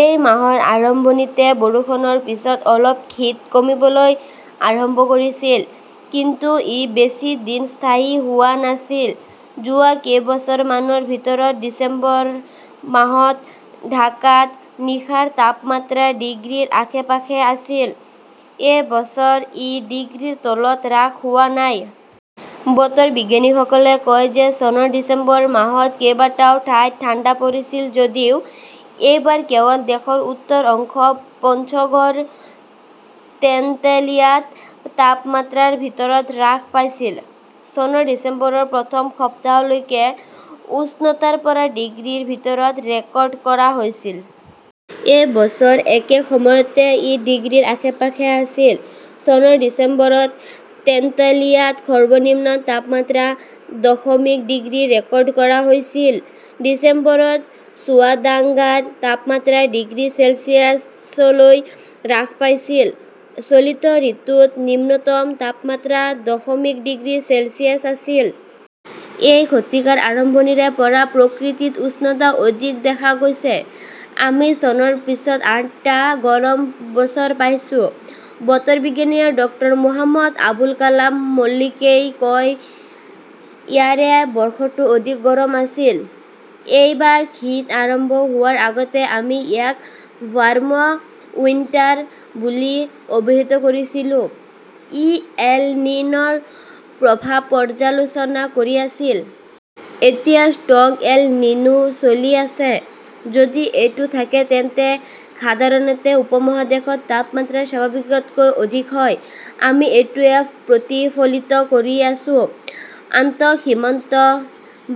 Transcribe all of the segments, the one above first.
এই মাহৰ আৰম্ভণিতে বৰষুণৰ পিছত অলপ শীত কমিবলৈ আৰম্ভ কৰিছিল। কিন্তু ই বেছি দিন স্থায়ী হোৱা নাছিল। যোৱা কেইবছৰমানৰ ভিতৰত ডিচেম্বৰ মাহত ঢাকাত নিশাৰ তাপমাত্ৰা ডিগ্ৰীৰ আশে-পাশে আছিল। এই বছৰ ই ডিগ্ৰীৰ তলত হ্ৰাস হোৱা নাই। বতৰ বিজ্ঞানীসকলে কয় যে চনৰ ডিচেম্বৰ মাহত কেইবাটাও ঠাইত ঠাণ্ডা পৰিছিল যদিও এইবাৰ কেৱল দেশৰ উত্তৰ অংশ পঞ্চগড়ৰ তেন্তুলিয়াত তাপমাত্ৰা ৰ ভিতৰত হ্ৰাস পাইছিল। চনৰ ডিচেম্বৰৰ প্ৰথম সপ্তাহলৈকে উষ্ণতা ৰ পৰা ডিগ্ৰীৰ ভিতৰত ৰেকৰ্ড কৰা হৈছিল। এই বছৰ একে সময়তে ই ডিগ্ৰীৰ আশে-পাশে আছিল। চনৰ ডিচেম্বৰত তেন্তুলিয়াত সৰ্বনিম্ন তাপমাত্ৰা দশমিক ডিগ্ৰী ৰেকৰ্ড কৰা হৈছিল; ডিচেম্বৰত চুৱাদাংগাৰ তাপমাত্ৰা ডিগ্ৰী চেলছিয়াছলৈ হ্ৰাস পাইছিল। চলিত ঋতুত নিম্নতম তাপমাত্ৰা দশমিক ডিগ্ৰী চেলছিয়াছ আছিল। এই শতিকাৰ আৰম্ভণিৰে পৰা প্ৰকৃতিত উষ্ণতা অধিক দেখা গৈছে। আমি চনৰ পিছত আঠটা গৰম বছৰ পাইছো ", বতৰ বিজ্ঞানী ডাঃ মহম্মদ আবুল কালাম মল্লিকই কয়। ইয়াৰে বৰ্ষটো অধিক গৰম আছিল। এইবাৰ শীত আৰম্ভ হোৱাৰ আগতেই আমি ইয়াক ৱাৰ্ম উইণ্টাৰ বুলি অভিহিত কৰিছিলো; ই এল নিন "ৰ প্ৰভাৱ পৰ্যালোচনা কৰি আছিল। এতিয়া ষ্ট্ৰং এল নিনো চলি আছে। যদি এইটো থাকে তেন্তে সাধাৰণতে উপমহাদেশত তাপমাত্ৰা স্বাভাৱিকতকৈ অধিক হয়, আমি এইটোৱেই প্ৰতিফলিত কৰি আছো। আন্তঃসীমান্ত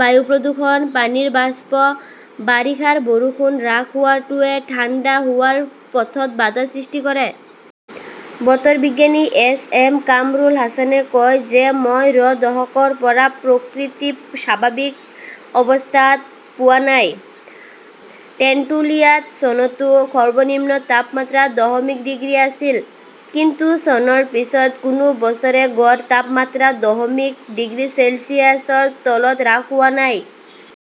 বায়ু প্ৰদূষণ, পানীৰ বাষ্প, বাৰিষাৰ বৰষুণ হ্ৰাস হোৱাটোৱে ঠাণ্ডা হোৱাৰ পথত বাধাৰ সৃষ্টি কৰে। বতৰ বিজ্ঞানী এছ এম কামৰুল হাছানে কয় যে মই ৰ দশকৰ পৰা প্ৰকৃতি স্বাভাৱিক অৱস্থাত পোৱা নাই। টেন্টুলিয়াত চনতও সৰ্বনিম্ন তাপমাত্ৰা দশমিক ডিগ্ৰী আছিল। কিন্তু চনৰ পিছত কোনো বছৰে গড় তাপমাত্ৰা দশমিক ডিগ্ৰী চেলছিয়াছৰ তলত হ্ৰাস হোৱা নাই।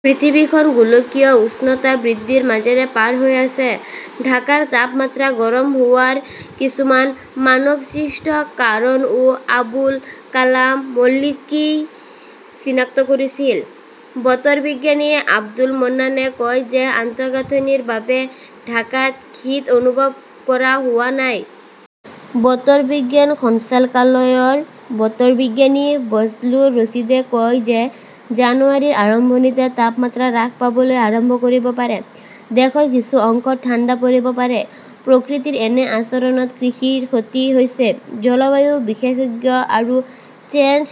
পৃথিৱীখন গোলকীয় উষ্ণতা বৃদ্ধিৰ মাজেৰে পাৰ হৈ আছে। ঢাকাৰ তাপমাত্ৰা গৰম হোৱাৰ কিছুমান মানৱসৃষ্ট কাৰণও আবুল কালাম মল্লিকই চিনাক্ত কৰিছিল। বতৰ বিজ্ঞানী আব্দুল মান্নানে কয় যে আন্তঃগাঁথনিৰ বাবে ঢাকাত শীত অনুভৱ কৰা হোৱা নাই। বতৰ বিজ্ঞান সঞ্চালকালয়ৰ বতৰ বিজ্ঞানী বজলুৰ ৰছিদে কয় যে জানুৱাৰীৰ আৰম্ভণিতে তাপমাত্ৰা হ্ৰাস পাবলৈ আৰম্ভ কৰিব পাৰে। দেশৰ কিছু অংশত ঠাণ্ডা পৰিব পাৰে। প্ৰকৃতিৰ এনে আচৰণত কৃষিৰ ক্ষতি হৈছে। জলবায়ু বিশেষজ্ঞ আৰু চেঞ্জ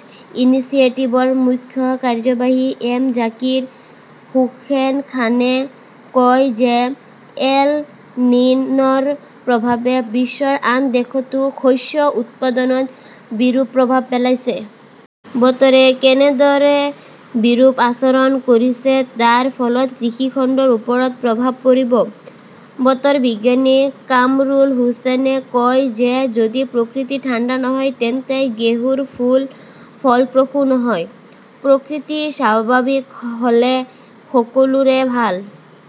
ইনিচিয়েটিভৰ মুখ্য কাৰ্যবাহী এম জাকিৰ হোসেন খানে কয় যে এল নিন "ৰ প্ৰভাৱে বিশ্বৰ আন দেশতো শস্য উৎপাদনত বিৰূপ প্ৰভাৱ পেলাইছে। বতৰে কেনেদৰে বিৰূপ আচৰণ কৰিছে তাৰ ফলত কৃষি খণ্ডৰ ওপৰত প্ৰভাৱ পৰিব। বতৰ বিজ্ঞানী কামৰুল হাছানে কয় যে যদি প্ৰকৃতি ঠাণ্ডা নহয় তেন্তে ঘেঁহুৰ ফুল ফলপ্ৰসূ নহয়। প্ৰকৃতি স্বাভাৱিক হ "লে সকলোৰে ভাল।